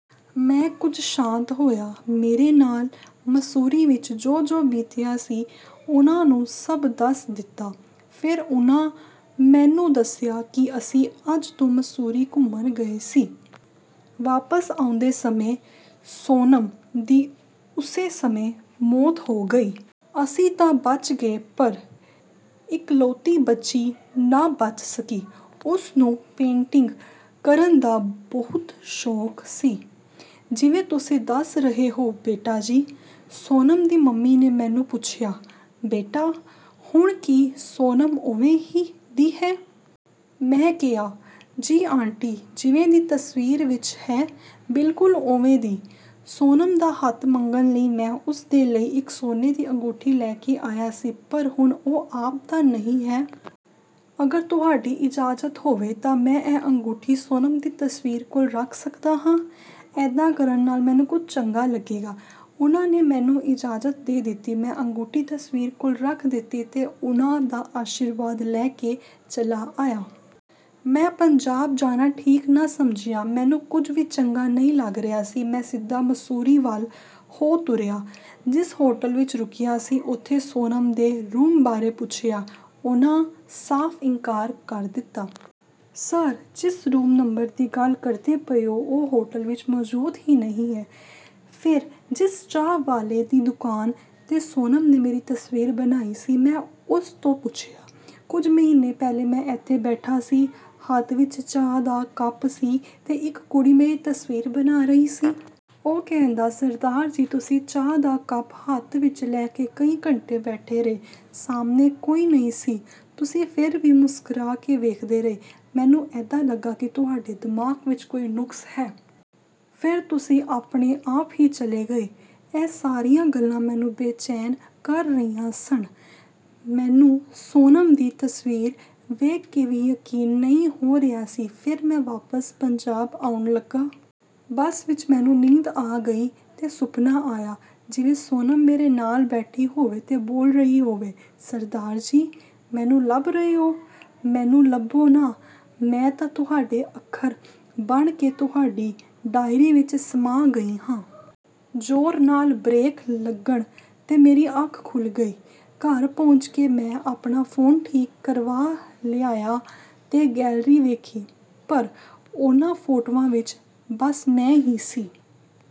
ਮੈਂ ਕੁਝ ਸ਼ਾਂਤ ਹੋਇਆ। ਮੇਰੇ ਨਾਲ ਮਸੂਰੀ ਵਿੱਚ ਜੋ-ਜੋ ਬੀਤਿਆ ਸੀ, ਉਹਨਾਂ ਨੂੰ ਸਭ ਦੱਸ ਦਿੱਤਾ। ਫੇਰ ਉਹਨਾਂ ਮੈਨੂੰ ਦੱਸਿਆ ਕਿ ਅਸੀਂ ਅੱਜ ਤੋਂ ਮਸੂਰੀ ਘੁੰਮਣ ਗਏ ਸੀ। ਵਾਪਸ ਆਉਂਦੇ ਸਮੇਂ ਸੋਨਮ ਦੀ ਉਸੇ ਸਮੇਂ ਮੌਤ ਹੋ ਗਈ। ਅਸੀਂ ਤਾਂ ਬਚ ਗਏ ਪਰ ਇਕਲੌਤੀ ਬੱਚੀ ਨਾ ਬਚ ਸਕੀ। ਉਸਨੂੰ ਪੇਂਟਿੰਗ ਕਰਨ ਦਾ ਬਹੁਤ ਸ਼ੌਂਕ ਸੀ। ਜਿਵੇਂ ਤੁਸੀਂ ਦੱਸ ਰਹੇ ਹੋ, ਬੇਟਾ ਜੀ। ਸੋਨਮ ਦੀ ਮੰਮੀ ਨੇ ਮੈਨੂੰ ਪੁੱਛਿਆ, "ਬੇਟਾ, ਹੁਣ ਵੀ ਸੋਨਮ ਓਵੇਂ ਦੀ ਹੈ?" ਮੈਂ ਕਿਹਾ, "ਜੀ ਆਂਟੀ, ਜਿਵੇਂ ਦੀ ਤਸਵੀਰ ਵਿੱਚ ਹੈ, ਬਿਲਕੁਲ ਓਵੇਂ ਦੀ।" ਸੋਨਮ ਦਾ ਹੱਥ ਮੰਗਣ ਲਈ ਮੈਂ ਉਸਦੇ ਲਈ ਇੱਕ ਸੋਨੇ ਦੀ ਅੰਗੂਠੀ ਲੈ ਕੇ ਆਇਆ ਸੀ। ਪਰ ਹੁਣ ਉਹ ਆਪ ਤਾਂ ਨਹੀਂ ਹੈ। "ਅਗਰ ਤੁਹਾਡੀ ਇਜਾਜ਼ਤ ਹੋਵੇ ਤਾਂ ਮੈਂ ਇਹ ਅੰਗੂਠੀ ਸੋਨਮ ਦੀ ਤਸਵੀਰ ਕੋਲ ਰੱਖ ਸਕਦਾ ਹਾਂ। ਏਦਾਂ ਕਰਨ ਨਾਲ ਮੈਨੂੰ ਕੁਝ ਚੰਗਾ ਲੱਗੇਗਾ।" ਉਹਨਾਂ ਨੇ ਮੈਨੂੰ ਇਜਾਜ਼ਤ ਦੇ ਦਿੱਤੀ। ਮੈਂ ਅੰਗੂਠੀ ਤਸਵੀਰ ਕੋਲ ਰੱਖ ਦਿੱਤੀ ਤੇ ਉਹਨਾਂ ਦਾ ਆਸ਼ੀਰਵਾਦ ਲੈ ਕੇ ਚੱਲਾ ਆਇਆ। ਮੈਂ ਪੰਜਾਬ ਜਾਣਾ ਠੀਕ ਨਾ ਸਮਝਿਆ। ਮੈਨੂੰ ਕੁਝ ਵੀ ਚੰਗਾ ਨਹੀਂ ਲੱਗ ਰਿਆ ਸੀ। ਮੈਂ ਸਿੱਧਾ ਮਸੂਰੀ ਵੱਲ ਹੋ ਤੁਰਿਆ। ਜਿਸ ਹੋਟਲ ਵਿੱਚ ਰੁਕਿਆ ਸੀ, ਉੱਥੋਂ ਸੋਨਮ ਦੇ ਰੂਮ ਬਾਰੇ ਪੁੱਛਿਆ। ਉਹਨਾਂ ਸਾਫ਼ ਇਨਕਾਰ ਕਰ ਦਿੱਤਾ। "ਸਰ, ਜਿਸ ਰੂਮ ਨੰਬਰ ਦੀ ਗੱਲ ਕਰਦੇ ਪਏ ਹੋ, ਉਹ ਹੋਟਲ ਵਿੱਚ ਮੌਜੂਦ ਹੀ ਨਹੀਂ ਹੈ।" ਫਿਰ ਜਿਸ ਚਾਹ ਵਾਲੇ ਦੀ ਦੁਕਾਨ 'ਤੇ ਸੋਨਮ ਨੇ ਮੇਰੀ ਤਸਵੀਰ ਬਣਾਈ ਸੀ, ਮੈਂ ਉਸ ਤੋਂ ਪੁੱਛਿਆ, "ਕੁਝ ਮਹੀਨੇ ਪਹਿਲਾਂ ਮੈਂ ਏਥੇ ਬੈਠਾ ਸੀ, ਹੱਥ ਵਿੱਚ ਚਾਹ ਦਾ ਕੱਪ ਸੀ ਤੇ ਇੱਕ ਕੁੜੀ ਮੇਰੀ ਤਸਵੀਰ ਬਣਾ ਰਹੀ ਸੀ।" ਉਹ ਕਹਿੰਦਾ, "ਸਰਦਾਰ ਜੀ, ਤੁਸੀਂ ਚਾਹ ਦਾ ਕੱਪ ਹੱਥ ਵਿੱਚ ਲੈ ਕੇ ਕਈ ਘੰਟੇ ਬੈਠੇ ਰਹੇ। ਸਾਹਮਣੇ ਕੋਈ ਨਹੀਂ ਸੀ। ਤੁਸੀਂ ਫਿਰ ਵੀ ਮੁਸਕਰਾ ਕੇ ਵੇਖਦੇ ਰਹੇ। ਮੈਨੂੰ ਏਦਾਂ ਲੱਗਾ ਕਿ ਤੁਹਾਡੇ ਦਿਮਾਗ ਵਿੱਚ ਕੋਈ ਨੁਕਸ ਹੈ। ਫੇਰ ਤੁਸੀਂ ਆਪਣੇ ਆਪ ਹੀ ਚਲੇ ਗਏ।" ਇਹ ਸਾਰੀਆਂ ਗੱਲਾਂ ਮੈਨੂੰ ਬੇਚੈਨ ਕਰ ਰਹੀਆਂ ਸਨ। ਮੈਨੂੰ ਸੋਨਮ ਦੀ ਤਸਵੀਰ ਵੇਖ ਕੇ ਵੀ ਯਕੀਨ ਨਹੀਂ ਹੋ ਰਿਹਾ ਸੀ। ਫੇਰ ਮੈਂ ਵਾਪਸ ਪੰਜਾਬ ਆਉਣ ਲੱਗਾ। ਬੱਸ ਵਿੱਚ ਮੈਨੂੰ ਨੀਂਦ ਆ ਗਈ ਤੇ ਸੁਪਨਾ ਆਇਆ, ਜਿਵੇਂ ਸੋਨਮ ਮੇਰੇ ਨਾਲ ਬੈਠੀ ਹੋਵੇ ਤੇ ਬੋਲ ਰਹੀ ਹੋਵੇ। "ਸਰਦਾਰ ਜੀ, ਮੈਨੂੰ ਲੱਭ ਰਹੇ ਹੋ? ਮੈਨੂੰ ਲੱਭੋ ਨਾ। ਮੈਂ ਤਾਂ ਤੁਹਾਡੇ ਅੱਖਰ ਬਣ ਕੇ ਤੁਹਾਡੀ ਡਾਇਰੀ ਵਿੱਚ ਸਮਾ ਗਈ ਹਾਂ।" ਜ਼ੋਰ ਨਾਲ ਬਰੇਕ ਲੱਗਣ 'ਤੇ ਮੇਰੀ ਅੱਖ ਖੁੱਲ ਗਈ। ਘਰ ਪਹੁੰਚ ਕੇ ਮੈਂ ਆਪਣਾ ਫੋਨ ਠੀਕ ਕਰਵਾ ਲਿਆਇਆ ਤੇ ਗੈਲਰੀ ਵੇਖੀ, ਪਰ ਉਹਨਾਂ ਫੋਟੋਆਂ ਵਿੱਚ ਬਸ ਮੈਂ ਹੀ ਸੀ।